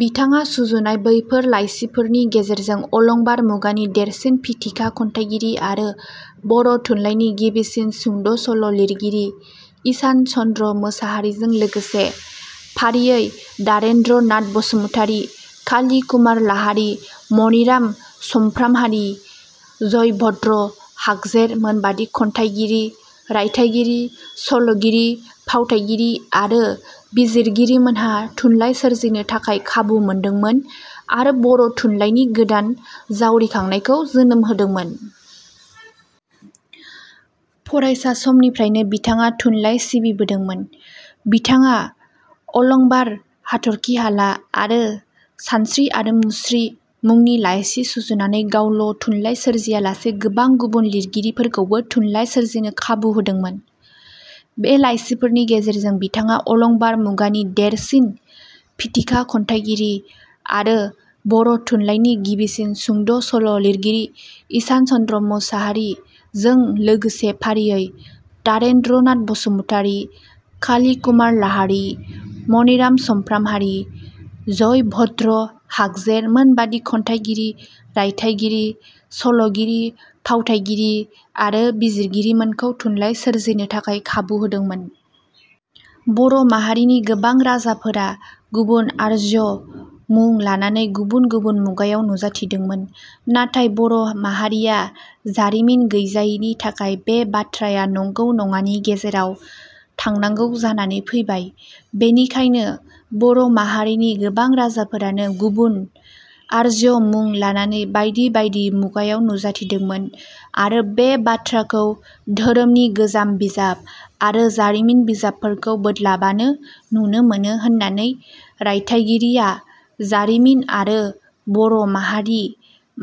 बिथां सुजुनाय बैफोर लाइसिफोरनि गेजेरजों अलंबार मुगानि देरसिन फिथिखा खन्थाइगिरि आरो बर' थुलाइनि गिबिसिन सुंद' सल' लिरगिरि ईसान चन्द्र मोसाहारिजों लोगोसे फारियै द्वारेन्द्र नाथ बसुमतारी, काली कुमार लाहारी, मनिराम समफ्रामहारि, जयभद्र हागजेर मोनबादि खन्थाइगिरि, रायथाइगिरि, सल'गिरि, फावथाइगिरि आरो बिजिरगिरिमोनहा थुनलाइ सोरजिनो थाखाय खाबु मोनदोंमोन आरो बर' थुनलायनि गोदान जावरिखांनायखौ जोनोम होदोंमोन। फरायसा समनिफ्रायनो बिथाङा थुनलाइ सिबिबोदोंं। बिथाङा 'अलंबार', 'हाथर्खि हाला' आरो 'सानस्रि आरो मुस्रि' मुंनि लाइसि सुजुनानै गावल' थुनलाइ सोरजिया लासे गोबां गुबुन लिरगिरिफोरखौबो थुनलाइ सोरजिनो खाबु होदोंमोन। बे लाइसिफोरनि गेजेरजों बिथाङा अलंबार मुगानि देरसिन फिथिखा खन्थाइगिरि आरो बर' थुलाइनि गिबिसिन सुंद' सल' लिरगिरि ईसान चन्द्र मोसाहारि जों लोगोसे फारियै द्वारेन्द्र नाथ बसुमतारी, काली कुमार लाहारी, मनिराम समफ्रामहारि, जयभद्र हागजेर मोनबादि खन्थाइगिरि, रायथाइगिरि, सल'गिरि, फावथाइगिरि आरो बिजिरगिरिमोनखौ थुनलाइ सोरजिनो थाखाय खाबु होदोंमोन। बर' माहारिनि गोबां राजाफोरा गुबुन आर्ज्य मुं लानानै गुबुन गुबुन मुगायाव नुजाथिदोंमोन। नाथाइ बर' माहारिया जारिमिन गैजायिनि थाखाय बे बाथ्राया नंगौ नङानि गेजेराव थांनांगौ जानानै फैबाय। बेनिखायनो बर' माहारिनि गोबां राजाफोरानो गुबुन आर्ज्य मुं लानानै बायदि बायदि मुगायाव नुजाथिदोंमोन आरो बे बाथ्राखौ दोहोरोमनि गोजाम बिजाब आरो जारिमिन बिजाबफोरखौ बोदलाबानो नुनो मोनो होननानै रायथइगिरिया "जारिमिन आरो बर' माहारि"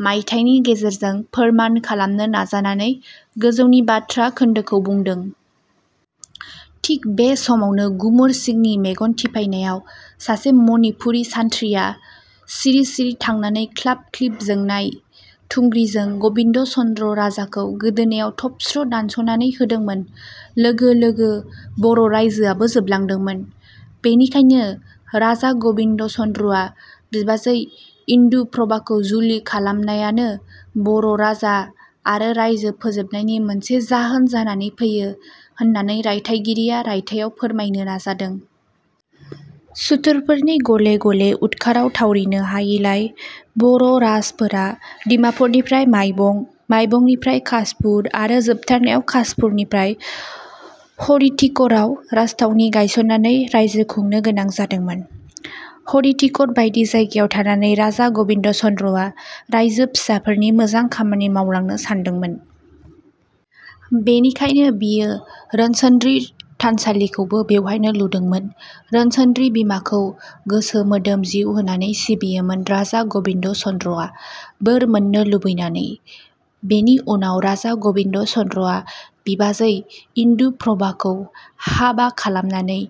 मायथाइनि गेजेरजों फोरमान खालामनो नाजानानै गोजौनि बाथ्रा खोन्दोखौ बुंदों। थिग बे समावनो गुमुर सिंनि मेगन थिफायनायाव सासे मनिपुरि सान्थ्रिया सिरि-सिरि थांनानै ख्लाब-ख्लिब जोंनाय थुग्रिजों गबिन्द' चन्द्र राजाखौ गोदोनायाव थबस्र' दानस'नानै होदोंमोन। लोगो लोगो बर' रायजोआबो जोबलांदोंमोन। बेनिखायनो राजा गबिन्द' चन्द्रआ बिबाजै इन्दुप्रभाखौ जुलि खालामनायानो बर' राजा आरो राइजो फोजोबनायनि मोनसे जाहोन जानानै फैयो होननानै राइथाइगिरिया रायथाइआव फोरमायनो नाजादों। सुथुरफोरनि गले गले उदखाराव थावरिनो हायैलाय बर' राजफोरा डिमापुरनिफ्राय माइबं, माइबंनिफ्राय खासपुर आरो जोबथारनायाव खासपुरनिफ्राय हरिटिकराव राजथावनि गायसननानै रायजो खुनो गोनां जादोंमोन। हरिटिकर बादि जायगायाव थानानै राजा गबिन्द चन्द्रआ रायजो फिसाफोरनि मोजां खामानि मावलांनो सानदोंमोन। बेनिखायनो बियो रोनसोन्द्रि थानसालिखौबो बेवहायनो लुदोंमोन। रोनसोन्द्रि बिमाखौ गोसो मोदोम जिउ होनानै सिबियोमोन राजा गबिन्द चन्द्रआ बोर मोननो लुबैनानै। बेनि उनाव राजा गबिन्द' चन्द्रआ बिबाजै इन्दुप्रभाखौ हाबा खालामनानै,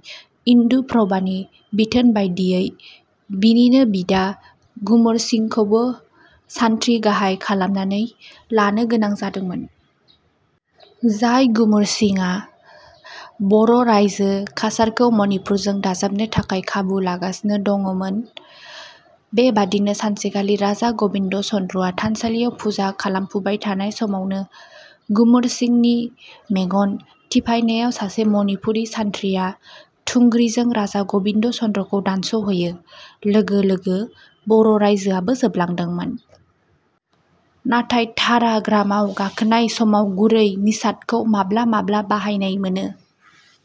इन्दुप्रभानि बिथोन बादियै बिनिनो बिदा गुमुरसिंहखौबो सानथ्रि गाहाय खालामनानै लानो गोनां जादोंमोन। जाय गुमुरसिंहआ बर' रायजो काछारखौ मनिपुरजों दाजाबनो थाखाय खाबु लागासिनो दंङ'मोन। बेबादिनो सानसेखालि राजा गबिन्द चन्द्रआ थानसालियाव फुजा खालामफुबाय थानाय समावनो गुमुरसिंहनि मेगन थिफायनायाव सासे मनिपुरी सानथ्रिया थुंग्रिजों राजा गबिन्द चन्द्रखौ दानस'हैयो। लोगो लोगो बर' रायजोआबो जोबलांदोंमोन। नाथाय तारा ग्रामाव गाखोनाय समाव गुरै निषादखौ माब्लाबा माब्लाबा बाहायनाय मोनो।